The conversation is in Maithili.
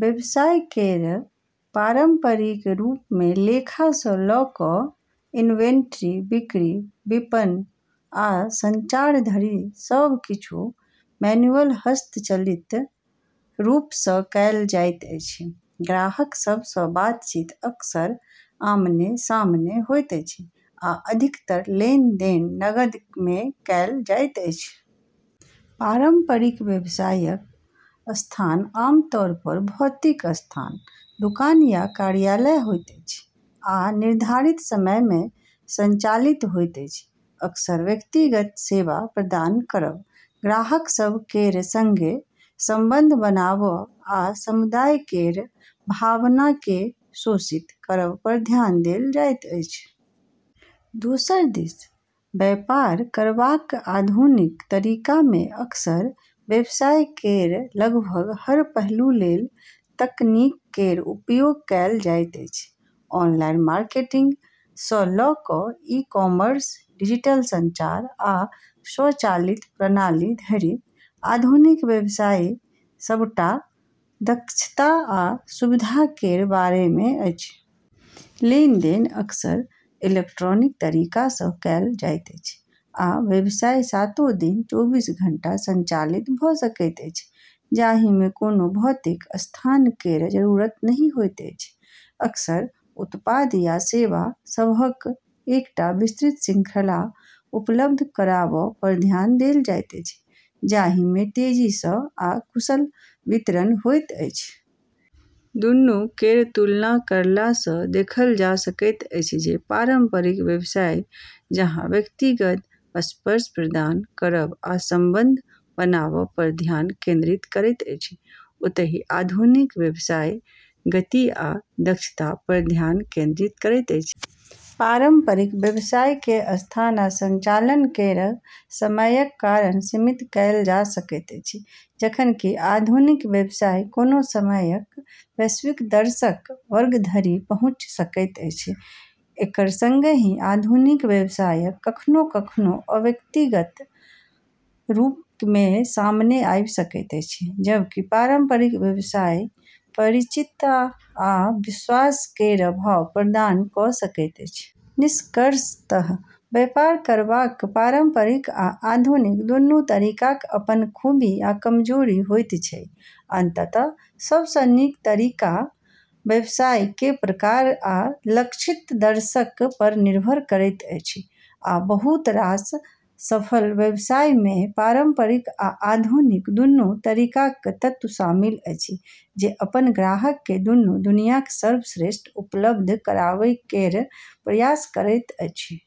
व्यवसाय केर पारंपरिक रूप मे लेखा सँ लऽ कऽ इन्वेंट्री, बिक्री, विपणन, आ संचार धरि सभ किछु मैन्युअल हस्तचलित रूप सँ कएल जाइत अछि। ग्राहक सभ सँ बातचीत अक्सर आमने-सामने होइत अछि, आ अधिकतर लेनदेन नकद मे कएल जाइत अछि। पारंपरिक व्यवसायक स्थान आमतौर पर भौतिक स्थान दुकान या कार्यालय होइत अछि आ निर्धारित समय मे संचालित होइत अछि। अक्सर व्यक्तिगत सेवा प्रदान करब, ग्राहक सभ केर संगे संबंध बनाबब, आ समुदाय केर भावना केँ पोषित करब पर ध्यान देल जाइत अछि। दोसर दिस व्यापार करबाक आधुनिक तरीका मे अक्सर व्यवसाय केर लगभग हर पहलू लेल तकनीक केर उपयोग कएल जाइत अछि। ऑनलाइन मार्केटिंग सँ लऽ कऽ ई-कॉमर्स, डिजिटल संचार, आ स्वचालित प्रणाली धरि, आधुनिक व्यवसाय सभटा दक्षता आ सुविधा केर बारे मे अछि। लेनदेन अक्सर इलेक्ट्रॉनिक तरीका सँ कएल जाइत अछि, आ व्यवसाय सातो दिन चौबीस घंटा संचालित भऽ सकैत अछि, जाहि मे कोनो भौतिक स्थान केर जरूरत नहि होइत अछि। अक्सर उत्पाद या सेवा सभक एकटा विस्तृत श्रृंखला उपलब्ध कराबब पर ध्यान देल जाइत अछि, जाहि मे तेजी सँ आ कुशल वितरण होइत अछि। दुनू केर तुलना करला सँ देखल जा सकैत अछि जे पारंपरिक व्यवसाय जहाँ व्यक्तिगत स्पर्श प्रदान करब आ संबंध बनाबब पर ध्यान केंद्रित करैत अछि, ओतही आधुनिक व्यवसाय गति आ दक्षता पर ध्यान केंद्रित करैत अछि। पारंपरिक व्यवसाय केँ स्थान आ संचालन केर समयक कारण सीमित कएल जा सकैत अछि, जखन कि आधुनिक व्यवसाय कोनो समय वैश्विक दर्शक वर्ग धरि पहुँचि सकैत अछि। एकर संगे ही आधुनिक व्यवसाय कखनो-कखनो अवैयक्तिक रूप मे सामने आबि सकैत अछि, जबकि पारंपरिक व्यवसाय परिचितता आ विश्वास केर भाव प्रदान कऽ सकैत अछि। निष्कर्षतः व्यापार करबाक पारंपरिक आ आधुनिक दुनू तरीकाक अपन खूबी आ कमजोरी होइत छैक। अंततः, सब सँ नीक तरीका व्यवसाय केर प्रकार आ लक्षित दर्शक पर निर्भर करैत अछि। आइ बहुत रास सफल व्यवसाय मे पारंपरिक आ आधुनिक दुनू तरीकाक तत्व शामिल अछि, जे अपन ग्राहक केँ दुनू दुनियाक सर्वश्रेष्ठ उपलब्ध कराबै केर प्रयास करैत अछि।